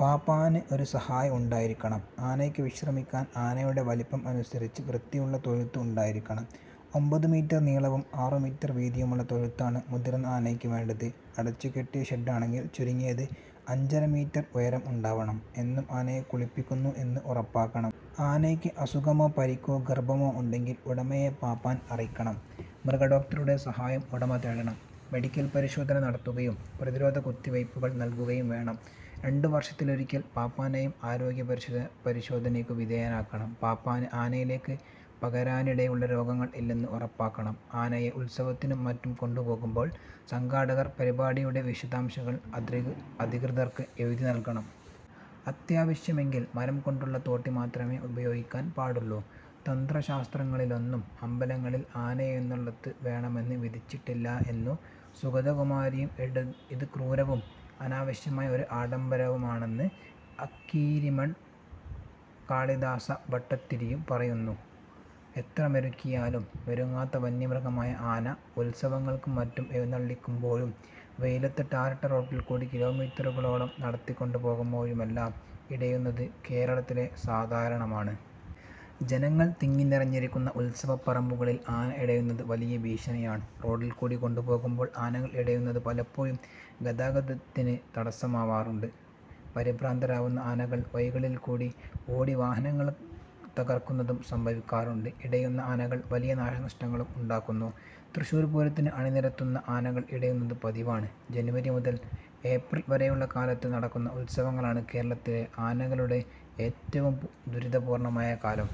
പാപ്പാന് ഒരു സഹായി ഉണ്ടായിരിക്കണം. ആനയ്ക്ക് വിശ്രമിക്കാൻ ആനയുടെ വലിപ്പം അനുസരിച്ച് വൃത്തിയുള്ള തൊഴുത്ത് ഉണ്ടായിരിക്കണം. ഒമ്പതു മീറ്റർ നീളവും ആറു മീറ്റർ വീതിയുമുള്ള തൊഴുത്താണ് മുതിർന്ന ആനയ്ക്ക് വേണ്ടത്. അടച്ചുകെട്ടിയ ഷെഡ്ഡാണെങ്കിൽ ചുരുങ്ങിയത് അഞ്ചര മീറ്റർ ഉയരം ഉണ്ടാവണം. എന്നും ആനയെ കുളിപ്പിക്കുന്നു എന്ന് ഉറപ്പാക്കണം. ആനയ്ക്ക് അസുഖമോ പരിക്കോ ഗർഭമോ ഉണ്ടെങ്കിൽ ഉടമയെ പാപ്പാൻ അറിക്കണം. മൃഗഡോക്ടറുടെ സഹായം ഉടമ തേടണം. മെഡിക്കൽ പരിശോധന നടത്തുകയും പ്രതിരോധ കുത്തിവയ്പുകൾ നൽകുകയും വേണം. രണ്ടുവർഷത്തിലൊരിക്കൽ പാപ്പാനെയും ആരോഗ്യ പരിശോധനയ്ക്കു വിധേയനാക്കണം. പാപ്പാന് ആനയിലേക്ക് പകരാനിടയുള്ള രോഗങ്ങൾ ഇല്ലെന്ന് ഉറപ്പാക്കണം. ആനയെ ഉത്സവത്തിനും മറ്റും കൊണ്ടുപോകുമ്പോൾ സംഘാടകർ പരിപാടിയുടെ വിശദാംശങ്ങൾ അധികൃതർക്ക് എഴുതിനൽകണം. അത്യാവശ്യമെങ്കിൽ മരം കൊണ്ടുള്ള തോട്ടി മാത്രമേ ഉപയോഗിക്കാൻ പാടുള്ളൂ. തന്ത്രശാസ്ത്രങ്ങളിലൊന്നും അമ്പലങ്ങളിൽ ആനയെഴുന്നള്ളത്ത് വേണമെന്ന് വിധിച്ചിട്ടില്ല എന്നു സുഗതകുമാരിയും ഇത് ക്രൂരവും അനാവശ്യമായ ഒരു ആഡംബരമാണെന്ന് അക്കീരിമൺ കാളിദാസ ഭട്ടത്തിരിയും പറയുന്നു. എത്ര മെരുക്കിയാലും മെരുങ്ങാത്ത വന്യമൃഗമായ ആന ഉൽസവങ്ങൾക്കും മറ്റും എഴുന്നള്ളിക്കുമ്പോഴും വെയിലത്ത് ടാറിട്ട റോഡിൽക്കൂടി കിലോമീറ്ററുകളോളം നടത്തിക്കൊണ്ടുപോവുമ്പോഴുമെല്ലാം ഇടയുന്നത് കേരളത്തിൽ സാധാരണമാണ്. ജനങ്ങൾ തിങ്ങിനിറഞ്ഞിരിക്കുന്ന ഉൽസവപ്പറമ്പുകളിൽ ആന ഇടയുന്നത് വലിയ ഭീഷണിയാണ്. റോഡിൽക്കൂടി കൊണ്ടുപോകുമ്പോൾ ആനകൾ ഇടയുന്നത് പലപ്പോഴും ഗതാഗതത്തിന് തടസ്സമാവാറുണ്ട്. പരിഭ്രാന്തരാവുന്ന ആനകൾ വഴികളിൽക്കൂടി ഓടി വാഹനങ്ങൾ തകർക്കുന്നതും സംഭവിക്കാറുണ്ട്. ഇടയുന്ന ആനകൾ വലിയ നാശനഷ്ടങ്ങളും ഉണ്ടാക്കുന്നു. തൃശൂർ പൂരത്തിന് അണിനിരത്തുന്ന ആനകൾ ഇടയുന്നത് പതിവാണ്. ജനുവരി മുതൻ ഏപ്രിൽ വരെയുള്ള കാലത്ത് നടക്കുന്ന ഉൽസവങ്ങളാണ് കേരളത്തിലെ ആനകളുടെ ഏറ്റവും ദുരിതപൂർണ്ണമായ കാലം.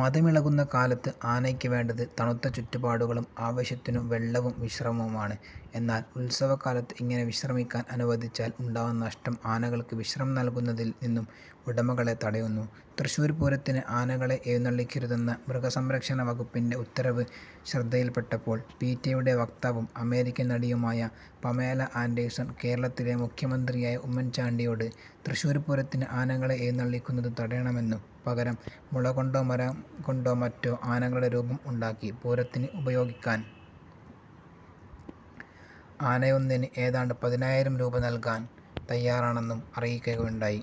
മദമിളകുന്ന കാലത്ത് ആനയ്ക്ക് വേണ്ടത് തണുത്ത ചുറ്റുപാടുകളും ആവശ്യത്തിനു വെള്ളവും വിശ്രമവുമാണ്, എന്നാൽ ഉൽസവകാലത്ത് ഇങ്ങനെ വിശ്രമിക്കാൻ അനുവദിച്ചാൽ ഉണ്ടാവുന്ന നഷ്ടം ആനകൾക്ക് വിശ്രമം നൽകുന്നതിൽ നിന്നും ഉടമകളെ തടയുന്നു. തൃശൂർപൂരത്തിന് ആനകളെ എഴുന്നള്ളിക്കരുതെന്ന മൃഗസംരക്ഷണ വകുപ്പിന്റെ ഉത്തരവ് ശ്രദ്ധയിൽപ്പെട്ടപ്പോൾ പീറ്റയുടെ വക്താവും അമേരിക്കൻ നടിയുമായ പമേല ആൻഡേഴ്സൺ കേരളത്തിലെ മുഖ്യമന്ത്രിയായ ഉമ്മൻ ചാണ്ടിയോട് തൃശൂർ പൂരത്തിന് ആനകളെ എഴുന്നള്ളിക്കുന്നത് തടയണമെന്നും പകരം മുളകൊണ്ടോ മരംകൊണ്ടോ മറ്റോ ആനകളുടെ രൂപം ഉണ്ടാക്കി പൂരത്തിന് ഉപയോഗിക്കാൻ ആനയൊന്നിന് ഏതാണ്ട് പതിനായിരം രൂപ നൽകാൻ തയ്യാറാണെന്നും അറിയിക്കുകയുണ്ടായി.